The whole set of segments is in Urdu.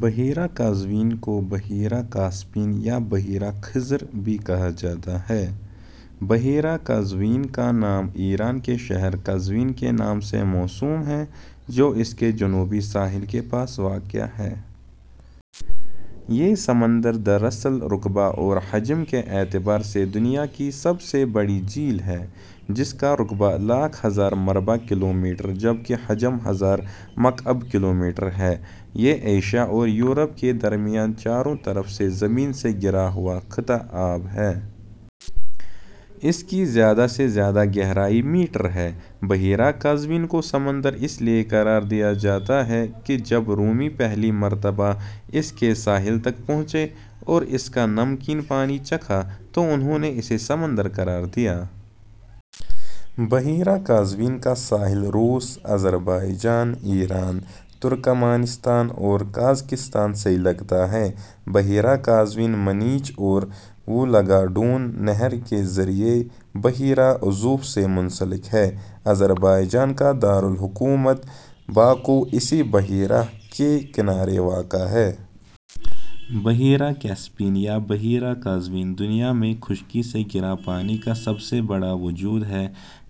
بحیرہ قزوین کو بحیرہ کاسپین یا بحیرہ خزر بھی کہا جاتا ہے۔ بحیرہ قزوین کا نام ایران کے شہر قزوین کے نام سے موسوم ہے، جو اس کے جنوبی ساحل کے پاس واقع ہے۔ یہ سمندر دراصل رقبے اور حجم کے اعتبار سے دنیا کی سب سے بڑی جھیل ہے، جس کا رقبہ لاکھ ہزار مربع کلومیٹر جبکہ حجم ہزار مکعب کلومیٹر ہے۔ یہ ایشیا اور یورپ کے درمیان چاروں طرف سے زمین سے گھرا ہوا خطہ آب ہے۔ اس کی زیادہ سے زیادہ گہرائی میٹر ہے۔ بحیرہ قزوین کو سمندر اس لیے قرار دیا جاتا ہے کہ جب رومی پہلی مرتبہ اس کے ساحل تک پہنچے اور اس کا نمکین پانی چکھا تو انھوں نے اسے سمندر قرار دیا۔ بحیرہ قزوین کا ساحل روس ، آذربائجان ، ایران ، ترکمانستان اور قازقستان سے لگتا ہے۔ بحیرہ قزوین منیچ اور وولگا ڈون نہر کے ذریعے بحیرہ ازوف سے منسلک ہے۔ آذربائجان کا دار الحکومت باکو اسی بحیرہ کے کنارے واقع ہے۔ بحیرہ کیسپیئن یا بحیرہ قزوین دنیا میں خشکی سے گھرا پانی کا سب سے بڑا وجود ہے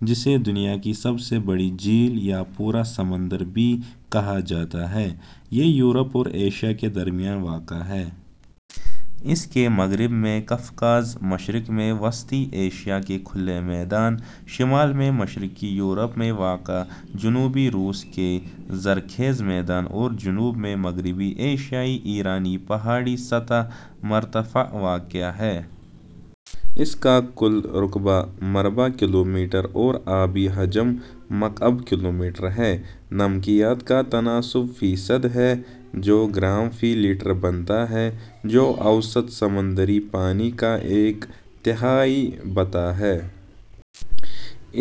جسے دنیا کی سب سے بڑی جھیل یا پورا سمندر بھی کہا جاتا ہے۔ یہ یورپ اور ایشیا کے درمیان واقع ہے۔ اس کے مغرب میں قفقاز ، مشرق میں وسطی ایشیا کے کھلے میدان، شمال میں مشرقی یورپ میں واقع جنوبی روس کے زرخیز میدان اور جنوب میں مغربی ایشیائی ایرانی پہاڑی سطح مرتفع واقع ہیں۔ اس کا کل رقبہ ،، مربع کلومیٹر اور آبی حجم ، مکعب کلومیٹر ہے۔ نمکیات کا تناسب ء فیصد ہے جو گرام فی لیٹر بنتا ہے جو اوسط سمندری پانی کا ایک تہائی بتا ہے۔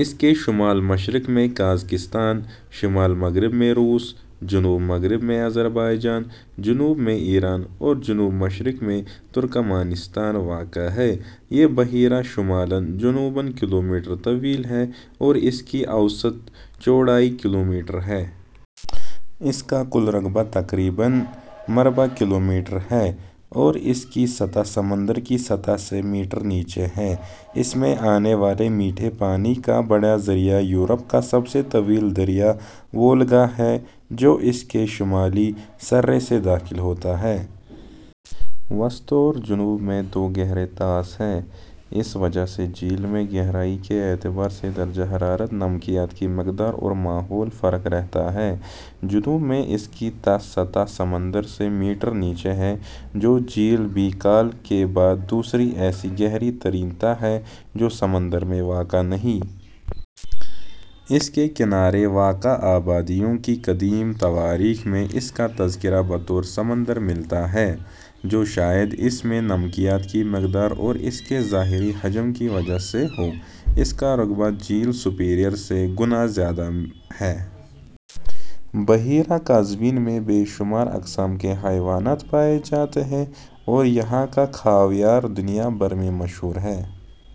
اس کے شمال مشرق میں قازقستان ، شمال مغرب میں روس ، جنوب مغرب میں آذربائیجان ، جنوب میں ایران اور جنوب مشرق میں ترکمانستان واقع ہیں۔ یہ بحیرہ شمالاً جنوباً ، کلومیٹر طویل ہے اور اس کی اوسط چوڑائی کلومیٹر ہے۔ اس کا کل رقبہ تقریباً ،، مربع کلومیٹر ہے اور اس کی سطح سمندر کی سطح سے میٹر نیچے ہے۔ اس میں آنے والے میٹھے پانی کا بڑا ذریعہ یورپ کا سب سے طویل دریا وولگا ہے جو اس کے شمالی سرے سے داخل ہوتا ہے۔ وسط اور جنوب میں دو گہرے طاس ہیں۔ اس وجہ سے جھیل میں گہرائی کے اعتبار سے درجہ حرارت، نمکیات کی مقدار اور ماحول فرق رہتا ہے۔ جنوب میں اس کی تہ سطح سمندر سے ، میٹر نیچے ہے جو جھیل بیکال کے بعد دوسری ایسی گہری ترین تہ ہے جو سمندر میں واقع نہیں۔ اس کے کنارے واقع آبادیوں کی قدیم تواریخ میں اس کا تذکرہ بطور سمندر ملتا ہے جو شاید اس میں نمکیات کی مقدار اور اس کے ظاہری حجم کی وجہ سے ہو۔ اس کا رقبہ جھیل سپیریئر سے گنا زیادہ ہے۔ بحیرہ قزوین میں بے شمار اقسام کے حیوانات پائے جاتے ہیں اور یہاں کا خاویار دنیا بھر میں مشہور ہیں۔